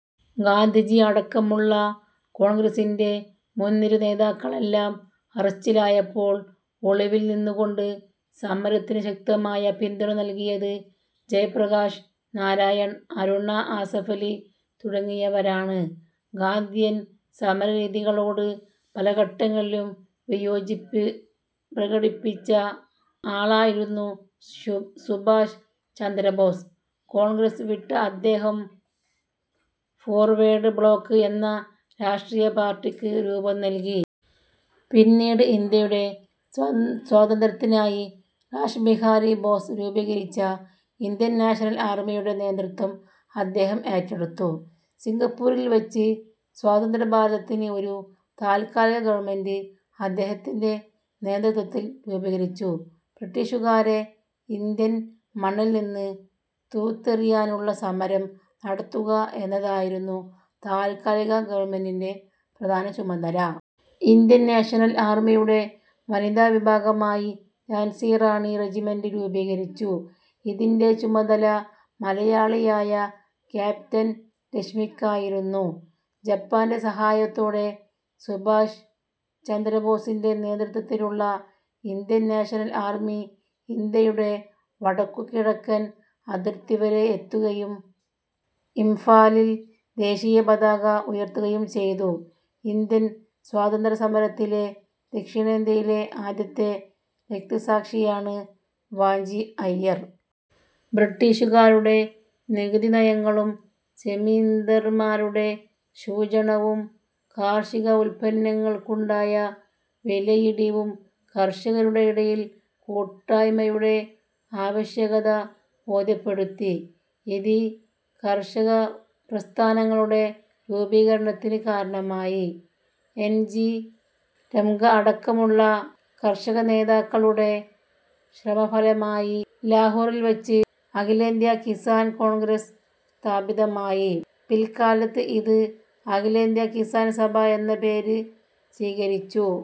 ഗാന്ധിജി അടക്കമുള്ള കോൺഗ്രസിന്റെ മുൻനിര നേതാക്കളെല്ലാം അറസ്റ്റിലായപ്പോൾ ഒളിവിൽ നിന്നുകൊണ്ട് സമരത്തിന് ശക്തമായ പിന്തുണ നൽകിയത് ജയപ്രകാശ് നാരായൺ, അരുണാ ആസഫലി തുടങ്ങിയവരാണ്. ഗാന്ധിയൻ സമരരീതികളോട് പലഘട്ടങ്ങളിലും വിയോജിപ്പ് പ്രകടിപ്പിച്ച ആളായിരുന്നു സുഭാഷ് ചന്ദ്രബോസ്. കോൺഗ്രസ് വിട്ട അദ്ദേഹം "ഫോർവേഡ് ബ്ലോക്ക്' എന്ന രാഷ്ട്രീയ പാർട്ടിക്ക് രൂപം നൽകി. പിന്നീട് ഇന്ത്യയുടെ സ്വാതന്ത്ര്യത്തിനായി റാഷ് ബിഹാരി ബോസ് രൂപീകരിച്ച "ഇന്ത്യൻ നാഷണൽ ആർമി' യുടെ നേതൃത്വം അദ്ദേഹം ഏറ്റെടുത്തു. സിംഗപ്പൂരിൽ വച്ച് സ്വതന്ത്രഭാരതത്തിന് ഒരു താൽക്കാലിക ഗവൺമെന്റ് അദ്ദേഹത്തിന്റെ നേതൃത്വത്തിൽ രൂപീകരിച്ചു. ബ്രിട്ടീഷുകാരെ ഇന്ത്യൻ മണ്ണിൽനിന്ന് തൂത്തെറിയാനുള്ള സമരം നടത്തുക എന്നതായിരുന്നു താൽക്കാലിക ഗവൺമെന്റിന്റെ പ്രധാന ചുമതല. ഇന്ത്യൻ നാഷണൽ ആർമിയുടെ വനിതാ വിഭാഗമായി ഝാൻസി റാണി റെജിമെന്റ് രൂപീകരിച്ചു. ഇതിന്റെ ചുമതല മലയാളിയായ ക്യാപ്റ്റൻ ലക്ഷ്മിക്കായിരുന്നു. ജപ്പാന്റെ സഹായത്തോടെ സുഭാഷ് ചന്ദ്രബോസിന്റെ നേതൃത്വത്തിലുള്ള ഇന്ത്യൻ നാഷണൽ ആർമി ഇന്ത്യയുടെ വടക്കുകിഴക്കൻ അതിർത്തി വരെ എത്തുകയും ഇംഫാലിൽ ദേശീയപതാക ഉയർത്തുകയും ചെയ്തു. ഇന്ത്യൻ സ്വാതന്ത്ര്യസമരത്തിലെ ദക്ഷിണേന്ത്യയിലെ ആദ്യത്തെ രക്തസാക്ഷിയാണ് വാഞ്ചി അയ്യർ. ബ്രിട്ടീഷുകാരുടെ നികുതി നയങ്ങളും സെമീന്ദാർമാരുടെ ചൂഷണവും കാർഷിക ഉൽപ്പന്നങ്ങൾക്കുണ്ടായ വിലയിടിവും കർഷകരുടെ ഇടയിൽ കൂട്ടായ്മയുടെ ആവശ്യകത ബോധ്യപ്പെടുത്തി. ഇത് കർഷകപ്രസ്ഥാനങ്ങളുടെ രൂപീകരണത്തിന് കാരണമായി. എൻ. ജി. രംഗ അടക്കമുള്ള കർഷകനേതാക്കളുടെ ശ്രമ ഫലമായി ലാഹോറിൽ വച്ച് അഖിലേന്ത്യാ കിസാൻ കോൺഗ്രസ് സ്ഥാപിതമായി. പിൽക്കാലത്ത് ഇത് അഖിലേന്ത്യ കിസാൻ സഭ എന്ന പേരു സ്വീകരി ച്ചു.